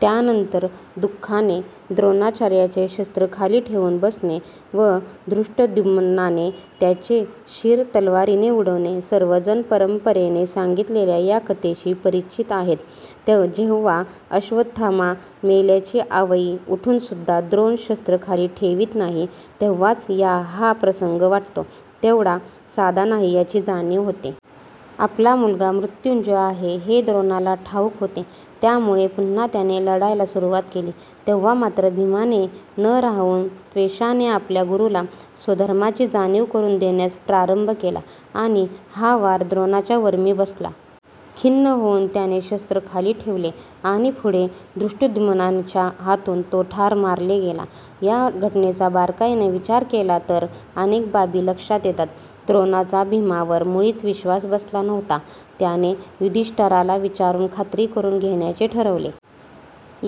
त्यानंतर दुःखाने दोणाचार्यांचे शस्त्र खाली ठेऊन बसणे. आणि धृष्ट्द्युम्नाने त्याचे शीर तलवारीने उडवणे. सर्वजण परंपरेने सांगितलेल्या या कथेशी परिचित आहेत. जेव्हा अश्वत्थामा मेल्याची आवई उठुनसुद्धा द्रोण शस्त्र खाली ठेवित नाही तेव्हाच या हा प्रसंग वाटतो तेवढा साधा नाही याची जाणीव होते. आपला मुलगा मृत्युंजय आहे हे द्रोणाला ठावुक होते. त्यामुळे पुन्हा त्याने लढायला सुरवात केली. तेव्हा मात्र भीमाने न राहवुन त्वेषाने आपल्या गुरुला स्वधर्माची जाणीव करुन देण्यास प्रारंभ केला आणि हा वार द्रोणाच्या वर्मी बसला. खिन्न होऊन त्याने शस्त्र खाली ठेवले. आणि पुढे धृष्ट्द्युम्नाच्या हातुन तो ठार मारले गेला. या घटनेचा बारकाईने विचार केला तर अनेक बाबी लक्षात येतात. द्रोणाचा भीमावर मुळीच विश्वास बसला नव्हता. त्याने युधिष्ठीराला विचारुन खात्री करुन घेण्याचे ठरवले.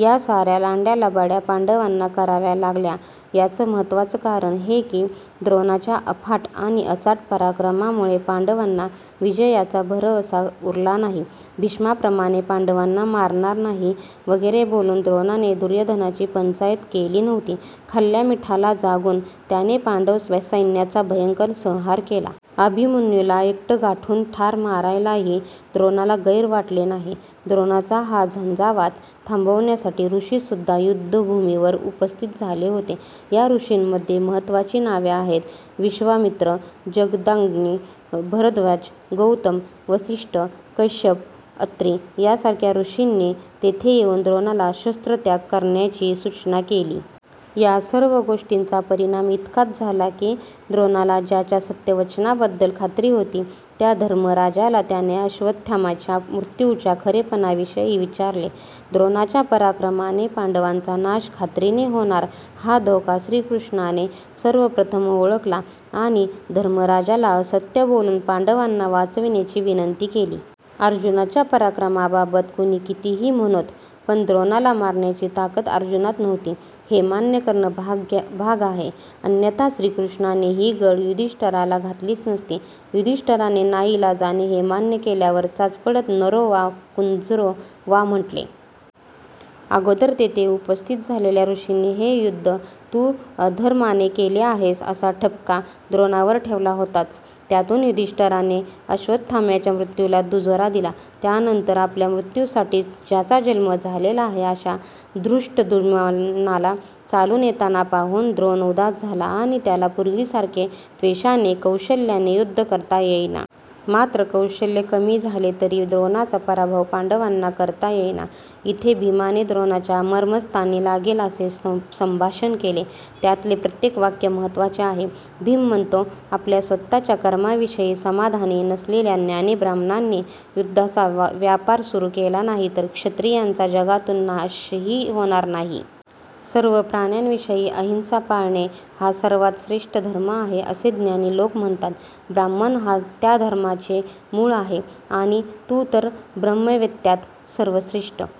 या सार्या लांड्यालबाड्या पांडवांना कराव्या लागल्या याचं महत्वाचं कारण हे की द्रोणाच्या अफाट आणि अचाट पराक्रमामुळे पांडवांना विजयाचा भरवसा उरला नाही. भीष्माप्रमाणे पांडवांना मारणार नाही वगैरे बोलुन द्रोणाने दुर्योधनाची पंचाईत केली नव्हती. खाल्ल्या मीठाला जागुन त्याने पांडव सैन्याचा भयंकर संहार केला. अभिमन्युला एकटं गाठुन ठार मारायलाही द्रोणाला गैर वाटले नाही. द्रोणाचा हा झंझावात थांबविण्यासाठी ऋषीसुद्धा युद्धभुमीवर उपस्थित झाले होते. या ऋषींमध्ये महत्त्वाची नावे आहेत. विश्वामित्र, जमदाग्नी, भरद्वाज, गौतम, वसिष्ठ, कश्यप, अत्री यासारख्या ऋषींनी तेथे येऊन द्रोणाला शस्त्रत्याग करण्याची सुचना केली. यासर्व गोष्टींचा परिणाम इतकाच झाला की द्रोणाला ज्याच्या सत्यवचनाबद्दल खात्री होती त्या धर्मराजाला त्याने अश्वत्थाम्याच्या मृत्युच्या खरेपणाविषयी विचारले. द्रोणाच्या पराक्रमाने पांडवांचा नाश खात्रीने होणार हा धोका श्रीकृष्णाने सर्वप्रथम ओळखला आणि धर्मराजाला असत्य बोलुन पांडवांना वाचविण्याची विनंती केली. अर्जुनाच्या पराक्रमाबाबत कुणी कितीही म्हणोत पण द्रोणाला मारण्याची ताकद अर्जुनात नव्हती हे मान्य करणं भाग आहे अन्यथा श्रीकृष्णाने ही गळ युधिष्ठीराला घातलीच नसती. युधिष्ठीराने नाईलाजाने हे मान्य केल्यावर चाचपडत नरो वा कुंजरो वा म्हटले. अगोदर तेथे उपस्थित झालेल्या ऋषींनी हे युद्द तु अधर्माने केले आहेस असा ठपका द्रोणावर ठेवला होताच. त्यातुन युधिष्ठीराने अश्वत्थाम्याच्या मृत्युला दुजोरा दिला. त्यानंतर आपल्या मृत्युसाठीच ज्याचा जन्म झालेला आहे अशा धृष्टद्युम्नाला चालुन येताना पाहुन द्रोण उदास झाला आणि त्याला पुर्वीसारखे त्वेषाने, कौशल्याने युद्ध करता येईना. मात्र कौशल्य कमी झाले तरी द्रोणाचा पराभव पांडवांना करता येईना. इथे भीमाने द्रोणाच्या मर्मस्थानी लागेल असे संभाषण केले. त्यातले प्रत्येक वाक्य महत्त्वाचे आहे. भीम म्हणतो आपल्या स्वतःच्या कर्माविषयी समाधानी नसलेल्या ज्ञानी ब्राह्मणांनी युद्धाचा व्यापार सुरु केला नाही तर क्षत्रियांचा जगातुन नाशही होणार नाही. सर्व प्राण्याविषयी अहिंसा पाळणे हा सर्वात श्रेष्ठ धर्म आहे असे ज्ञानी लोक म्हणतात. ब्राह्मण हा त्या धर्माचे मूळ आहे. आणि तु तर ब्रह्मवेत्त्यात सर्वश्रेष्ठ